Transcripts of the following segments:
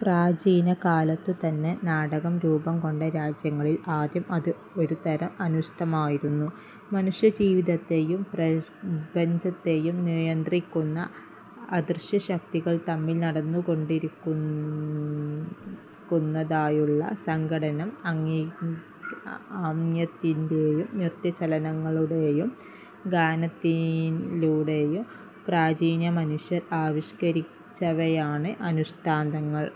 പ്രാചീന കാലത്തുതന്നെ നാടകം രൂപംകൊണ്ട രാജ്യങ്ങളിൽ ആദ്യം അത് ഒരുതരം അനുഷ്ഠാനമായിരുന്നു. മനുഷ്യജീവിതത്തെയും പ്രപഞ്ചത്തെയും നിയന്ത്രിക്കുന്ന അദൃശ്യശക്തികൾ തമ്മിൽ നടന്നുകൊണ്ടിരിക്കുന്നതായുള്ള സംഘട്ടനം ആംഗ്യത്തിലൂടെയും നൃത്തചലനങ്ങളിലൂടെയും ഗാനത്തിലൂടെയും പ്രാചീനമനുഷ്യർ ആവിഷ്കരിച്ചവയാണ് അനുഷ്ഠാനങ്ങൾ.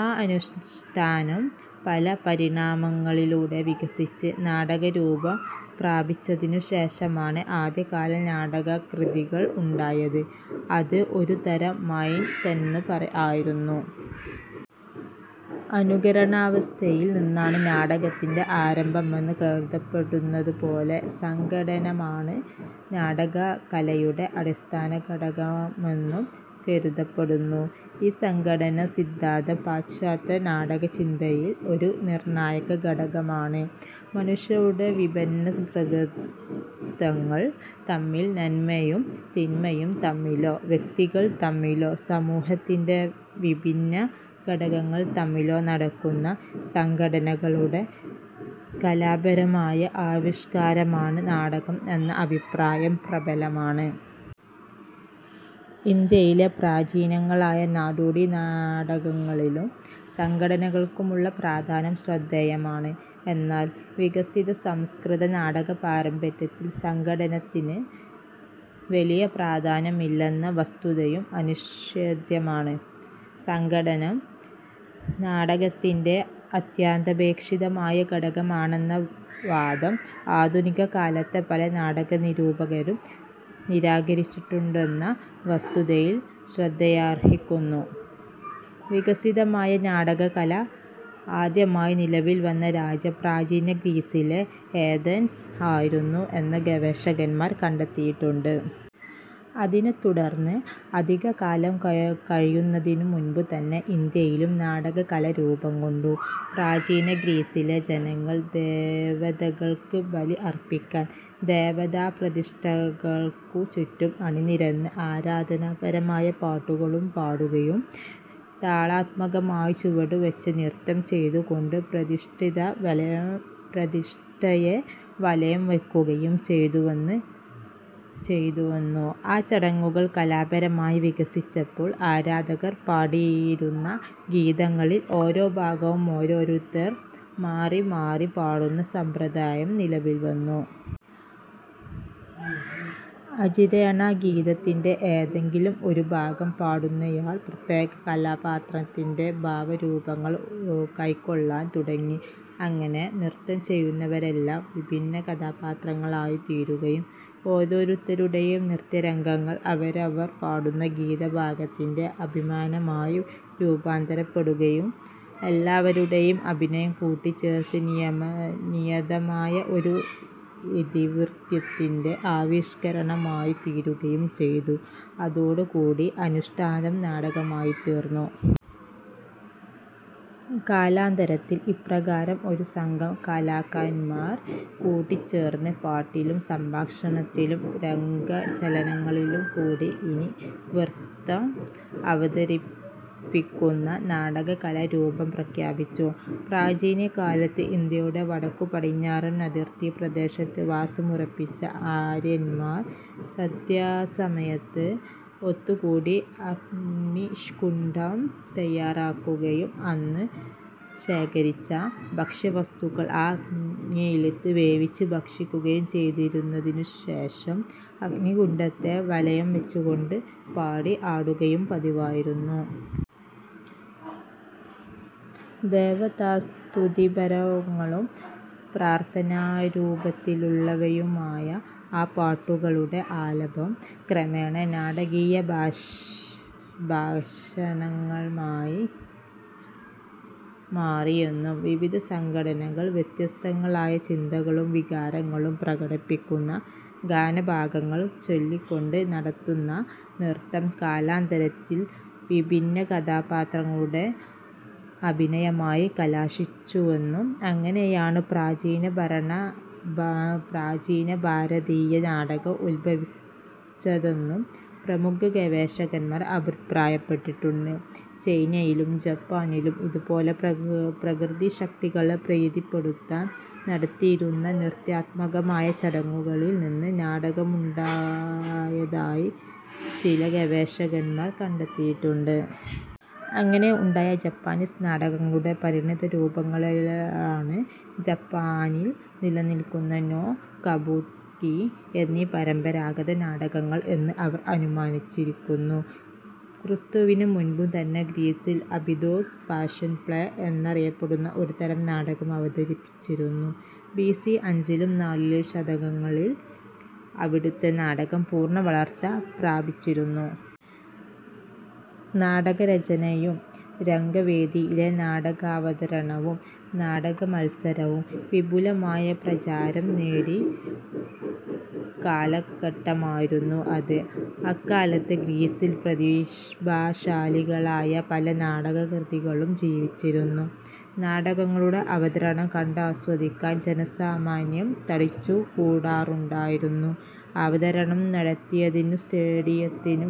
ആ അനുഷ്ഠാനം പല പരിണാമങ്ങളിലൂടെ വികസിച്ച് നാടകരൂപം പ്രാപിച്ചതിനുശേഷമാണ് ആദ്യകാല നാടകകൃതികൾ ഉണ്ടായത്. അത് ഒരുതരം മൈം തന്നെ ആയിരുന്നു. അനുകരണവാസനയിൽ നിന്നാണ് നാടകത്തിന്റെ ആരംഭമെന്ന് കരുതപ്പെടുന്നതുപോലെ സംഘട്ടനമാണ് നാടകകലയുടെ അടിസ്ഥാനഘടകമെന്നും കരുതപ്പെടുന്നു. ഈ സംഘട്ടനസിദ്ധാന്തം പാശ്ചാത്യ നാടകചിന്തയിൽ ഒരു നിർണായകഘടകമാണ്. മനുഷ്യരുടെ വിഭിന്ന പ്രകൃതങ്ങൾ തമ്മിലോ നന്മയും തിന്മയും തമ്മിലോ വ്യക്തികൾ തമ്മിലോ സമൂഹത്തിന്റെ വിഭിന്ന ഘടകങ്ങൾ തമ്മിലോ നടക്കുന്ന സംഘട്ടനങ്ങളുടെ കലാപരമായ ആവിഷ്കാരമാണ് നാടകം എന്ന അഭിപ്രായം പ്രബലമാണ്. ഇന്ത്യയിലെ പ്രാചീനങ്ങളായ നാടോടി നാടകങ്ങളിലും സംഘട്ടനങ്ങൾക്കുള്ള പ്രാധാന്യം ശ്രദ്ധേയമാണ്. എന്നാൽ വികസിതമായ സംസ്കൃത നാടക പാരമ്പര്യത്തിൽ സംഘട്ടനത്തിന് വലിയ പ്രാധാന്യം ഇല്ലെന്ന വസ്തുതയും അനിഷേധ്യമാണ്. സംഘട്ടനം നാടകത്തിന്റെ അത്യന്താപേക്ഷിതമായ ഘടകമാണെന്ന വാദം ആധുനിക കാലത്തെ പല നാടക നിരൂപകരും നിരാകരിച്ചിട്ടുണ്ടെന്ന വസ്തുതയും ശ്രദ്ധയർഹിക്കുന്നു. വികസിതമായ നാടകകല ആദ്യമായി നിലവിൽ വന്ന രാജ്യം പ്രാചീന ഗ്രീസിലെ ഏഥൻസ് ആയിരുന്നു എന്ന് ഗവേഷകന്മാർ കണ്ടെത്തിയിട്ടുണ്ട്. അതിനെത്തുടർന്ന് അധികകാലം കഴിയുന്നതിനു മുമ്പുതന്നെ ഇന്ത്യയിലും നാടകകല രൂപംകൊണ്ടു. പ്രാചീനഗ്രീസിലെ ജനങ്ങൾ ദേവതകൾക്ക് ബലി അർപ്പിക്കാൻ ദേവതാ പ്രതിഷ്ഠകൾക്കു ചുറ്റും അണിനിരന്ന് ആരാധനാപരമായ പാട്ടുകൾ പാടുകയും താളാത്മകമായി ചുവടുവച്ച് നൃത്തം ചെയ്തുകൊണ്ട് പ്രതിഷ്ഠയെ വലംവയ്ക്കുകയും ചെയ്തുവന്നു. ആ ചടങ്ങുകൾ കലാപരമായി വികസിച്ചപ്പോൾ ആരാധകർ പാടിയിരുന്ന ഗീതങ്ങളിൽ ഓരോ ഭാഗവും ഓരോരുത്തർ മാറിമാറി പാടുന്ന സമ്പ്രദായം നിലവിൽവന്നു. അചിരേണ ഗീതത്തിന്റെ ഏതെങ്കിലും ഒരു ഭാഗം പാടുന്നയാൾ പ്രത്യേക കഥാപാത്രത്തിന്റെ ഭാവരൂപങ്ങൾ കൈക്കൊള്ളാൻ തുടങ്ങി. ഇങ്ങനെ നൃത്തം ചെയ്യുന്നവരെല്ലാം വിഭിന്ന കഥാപാത്രങ്ങളായിത്തീരുകയും ഓരോരുത്തരുടെയും നൃത്തരംഗങ്ങൾ അവരവർ പാടുന്ന ഗീതഭാഗത്തിന്റെ അഭിനയമായി രൂപാന്തരപ്പെടുകയും എല്ലാവരുടെയും അഭിനയം കൂടിച്ചേർന്ന് നിയതമായ ഒരു ഇതിവൃത്തത്തിന്റെ ആവിഷ്കരണമായിത്തീരുകയും ചെയ്തു. അതോടുകൂടി അനുഷ്ഠാനം നാടകമായിത്തീർന്നു. കാലാന്തരത്തിൽ ഇപ്രകാരം ഒരു സംഘം കലാകാരന്മാർ കൂടിച്ചേർന്ന് പാട്ടിലും സംഭാഷണത്തിലും രംഗചലനങ്ങളിലും കൂടി ഇതിവൃത്തം അവതരിപ്പിക്കുന്ന നാടകകല രൂപംപ്രാപിച്ചു. പ്രാചീനകാലത്ത് ഇന്ത്യയുടെ വടക്കുപടിഞ്ഞാറൻ അതിർത്തി പ്രദേശത്ത് വാസമുറപ്പിച്ച ആര്യന്മാർ സന്ധ്യാസമയത്ത് ഒത്തുകൂടി അഗ്നികുണ്ഠം തയ്യാറാക്കുകയും അന്നന്ന് ശേഖരിച്ച ഭക്ഷ്യവസ്തുക്കൾ ആ അഗ്നിയിലിട്ട് വേവിച്ചു ഭക്ഷിക്കുകയും ചെയ്തതിനുശേഷം അഗ്നികുണ്ഠത്തെ വലംവച്ചുകൊണ്ടു പാടി ആടുക പതിവായിരുന്നു. ദേവതാസ്തുതിപരങ്ങളും പ്രാർഥനാരൂപത്തിലുള്ളവയുമായ ആ പാട്ടുകളുടെ ആലാപനം, ക്രമേണ നാടകീയ ഭാഷണങ്ങളായി മാറിയെന്നും വിവിധ സംഘാംഗങ്ങൾ വ്യത്യസ്തങ്ങളായ ചിന്തകളും വികാരങ്ങളും പ്രകടിപ്പിക്കുന്ന ഗാനഭാഗങ്ങൾ ചൊല്ലിക്കൊണ്ട് നടത്തുന്ന നൃത്തം കാലാന്തരത്തിൽ വിഭിന്ന കഥാപാത്രങ്ങളുടെ അഭിനയമായി കലാശിച്ചുവെന്നും അങ്ങനെയാണ് പ്രാചീന ഭാരതീയ നാടകം ഉദ്ഭവിച്ചതെന്നും പ്രമുഖ ഗവേഷകന്മാർ അഭിപ്രായപ്പെട്ടിട്ടുണ്ട്. ചൈനയിലും ജപ്പാനിലും ഇതുപോലെ പ്രകൃതിശക്തികളെ പ്രീതിപ്പെടുത്താൻ നടത്തിയിരുന്ന നൃത്താത്മകമായ ചടങ്ങുകളിൽ നിന്ന് നാടകമുണ്ടായതായി ചില ഗവേഷകന്മാർ കണ്ടെത്തിയിട്ടുണ്ട്. അങ്ങനെ ഉണ്ടായ ജാപ്പനീസ് നാടകങ്ങളുടെ പരിണതരൂപങ്ങളാണ് ജപ്പാനിൽ നിലനിൽക്കുന്ന നോ, കബൂക്കി എന്നീ പരമ്പരാഗത നാടകങ്ങൾ എന്ന് അവർ അനുമാനിക്കുന്നു. ക്രിസ്തുവിന് മുൻപ് തന്നെ ഗ്രീസിൽ അബിദോസ് പാഷൻ പ്ലേ എന്നറിയപ്പെടുന്ന ഒരുതരം നാടകം അവതരിപ്പിച്ചിരുന്നു. ബിസി അഞ്ചും നാലും ശതകങ്ങളിൽ അവിടുത്തെ നാടകം പൂർണ വളർച്ച പ്രാപിച്ചിരുന്നു. നാടകരചനയും രംഗവേദിയിലെ നാടകാവതരണവും നാടകമത്സരവും വിപുലമായ പ്രചാരം നേടിയ കാലഘട്ടമായിരുന്നു അത്. അക്കാലത്ത് ഗ്രീസിൽ പ്രതിഭാശാലികളായ പല നാടകകൃത്തുക്കളും ജീവിച്ചിരുന്നു. നാടകങ്ങളുടെ അവതരണം കണ്ടാസ്വദിക്കാൻ ജനസാമാന്യം തടിച്ചുകൂടാറുണ്ടായിരുന്നു. അവതരണം നടന്നിരുന്നത് സ്റ്റേഡിയത്തിന്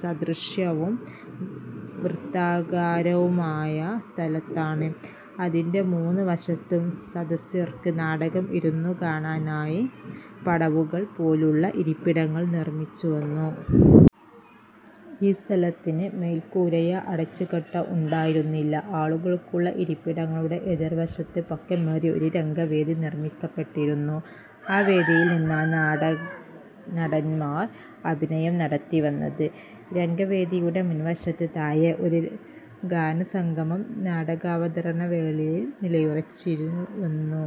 സദൃശവും വൃത്താകാരവുമായ സ്ഥലത്താണ്. അതിന്റെ മൂന്ന് വശത്തും സദസ്യർക്ക് നാടകം ഇരുന്നുകാണാനായി പടവുകൾ പോലുള്ള ഇരിപ്പിടങ്ങൾ നിർമിച്ചുവന്നു. ഈ സ്ഥലത്തിന് മേൽക്കൂരയോ അടച്ചുകെട്ടോ ഉണ്ടായിരുന്നില്ല. ആളുകൾക്കുള്ള ഇരിപ്പിടങ്ങളുടെ എതിർവശത്ത് പൊക്കമേറിയ ഒരു രംഗവേദി നിർമ്മിക്കപ്പെട്ടിരുന്നു. ആ വേദിയിൽ നിന്നാണ് നടന്മാർ അഭിനയം നടത്തിവന്നത്. രംഗവേദിയുടെ മുൻവശത്ത് താഴെ ഒരു ഗായകസംഘം നാടകാവതരണവേളയിൽ നിലയുറപ്പിച്ചുവന്നു.